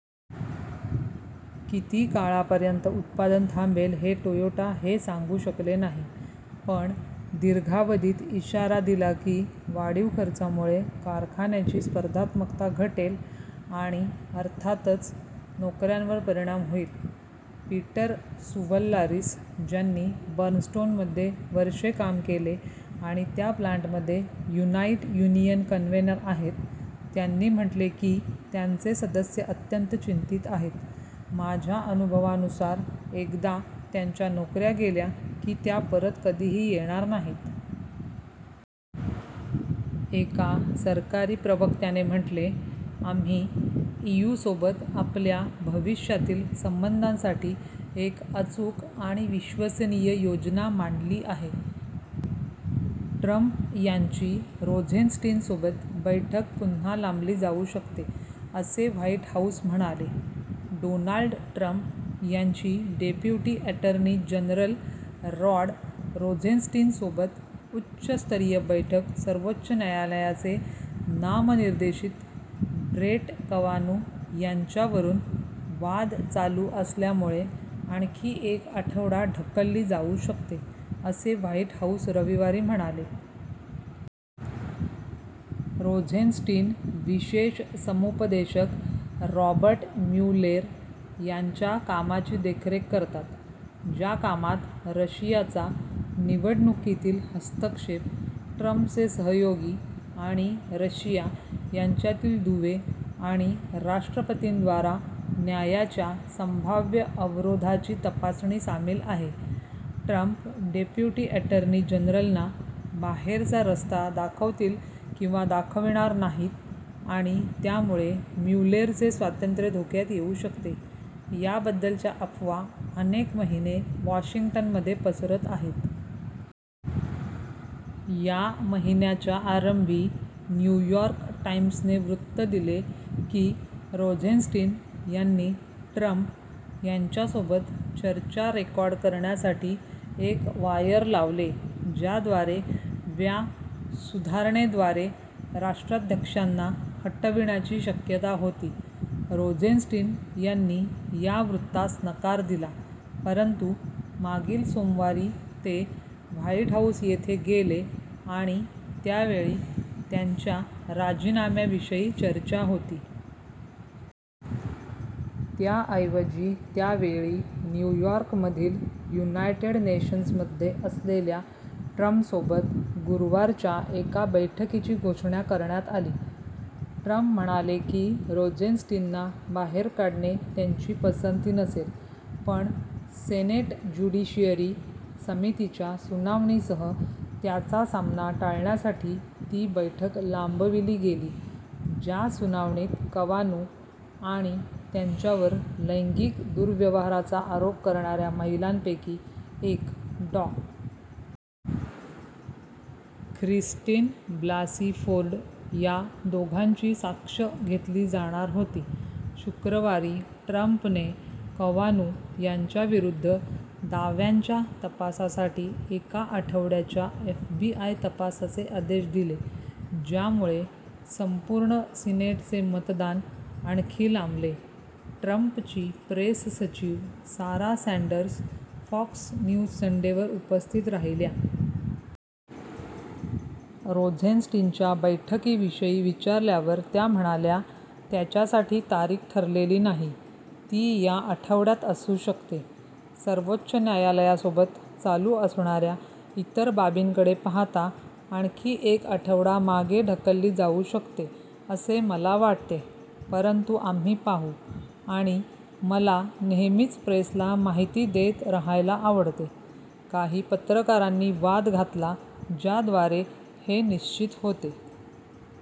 " किती काळापर्यंत उत्पादन थांबेल हे टोयोटा हे सांगू शकले नाही, पण दिर्घावधीत, इशारा दिला की वाढीव खर्चामुळे कारखान्याची स्पर्धात्मकता घटेल आणि अर्थातच नोकऱ्यांवर परिणाम होईल. पीटर सुव्हल्लारीस, ज्यांनी बर्नस्टोनमध्ये वर्षे काम केले आणि त्या प्लांटमध्ये युनाईट युनियन कन्वेनर आहेत, त्यांनी म्हटले की त्यांचे सदस्य अत्यंत चिंतीत आहेत: "माझ्या अनुभवानुसार एकदा त्यांच्या नोकऱ्या गेल्या की त्या परत कधीही येणार नाहीत. एका सरकारी प्रवक्त्याने म्हटले: "आम्ही ईयूसोबत आपल्या भविष्यातील संबंधांसाठी एक अचूक आणि विश्वसनीय योजना मांडली आहे. " ट्रम्प यांची रोझेन्स्टीनसोबत बैठक पुन्हा लांबली जाऊ शकते, असे व्हाईट हाऊस म्हणाले. डोनाल्ड ट्रम्प यांची डेप्युटी अॅटर्नी जनरल रॉड रोझेन्स्टीनसोबत उच्चस्तरीय बैठक सर्वोच्च न्यायालयाचे नामनिर्देशित ब्रेट कवानु यांच्यावरून वाद चालू असल्यामुळे "आणखी एक आठवडा ढकलली जाऊ शकते" असे व्हाईट हाऊस रविवारी म्हणाले. रोझेन्स्टीन विशेष समुपदेशक रॉबर्ट म्यूलेर यांच्या कामाची देखरेख करतात, ज्या कामात रशियाचा निवडणुकीतील हस्तक्षेप, ट्रम्पचे सहयोगी आणि रशिया यांच्यातील दुवे आणि राष्ट्रपतींद्वारा न्यायाच्या संभाव्य अवरोधाची तपासणी सामील आहे. ट्रम्प डेप्युटी अॅटर्नी जनरलना बाहेरचा रस्ता दाखवतील किंवा दाखविणार नाहीत, आणि त्यामुळे म्यूलेरचे स्वातंत्र्य धोक्यात येऊ शकते, याबद्दलच्या अफवा अनेक महिने वॉशिंग्टनमध्ये पसरत आहेत. या महिन्याच्या आरंभी, न्युयॉर्क टाइम्सने वृत्त दिले की रोझेन्स्टीन यांनी ट्रम्प यांच्यासोबत चर्चा रेकॉर्ड करण्यासाठी एक वायर लावले, ज्याद्वारे व्या सुधारणेद्वारे राष्ट्राध्यक्षांना हटविण्याची शक्यता होती. रोझेन्स्टीन यांनी या वृत्तास नकार दिला. परंतु मागील सोमवारी ते व्हाईट हाऊस येथे गेले आणि त्यावेळी त्यांच्या राजीनाम्याविषयी चर्चा होती. त्याऐवजी, त्यावेळी न्यूयॉर्कमधील युनायटेड नेशन्समध्ये असलेल्या ट्रम्पसोबत गुरुवारच्या एका बैठकीची घोषणा करण्यात आली. ट्रम्प म्हणाले की रोझेन्स्टीनना बाहेर काढणे त्यांची "पसंती नसेल", पण सेनेट ज्युडिशियरी समितीच्या सुनावणीसह त्याचा सामना टाळण्यासाठी ती बैठक लांबविली गेली, ज्या सुनावणीत कवानु आणि त्यांच्यावर लैंगिक दुर्व्यवहाराचा आरोप करणाऱ्या महिलांपैकी एक, डॉ. ख्रिस्टिन ब्लासी फोर्ड या दोघांची साक्ष घेतली जाणार होती. शुक्रवारी, ट्रम्पने कवानु यांच्याविरुद्ध दाव्यांच्या तपासासाठी एका आठवड्याच्या एफबीआय तपासाचे आदेश दिले, ज्यामुळे संपूर्ण सिनेटचे मतदान आणखी लांबले. ट्रम्पची प्रेस सचिव, सारा सँडर्स फॉक्स न्यूज संडेवर उपस्थित राहिल्या. रोझेन्स्टीनच्या बैठकीविषयी विचारल्यावर त्या म्हणाल्या: "त्याच्यासाठी तारीख ठरलेली नाही, ती या आठवड्यात असू शकते, सर्वोच्च न्यायालायासोबत चालू असणाऱ्या इतर बाबींकडे पाहता आणखी एक आठवडा मागे ढकलली जाऊ शकते असे मला वाटते. परंतु, आम्ही पाहू आणि मला नेहमीच प्रेसला माहिती देत रहायला आवडते. " काही पत्रकारांनी वाद घातला ज्याद्वारे हे निश्चित होते: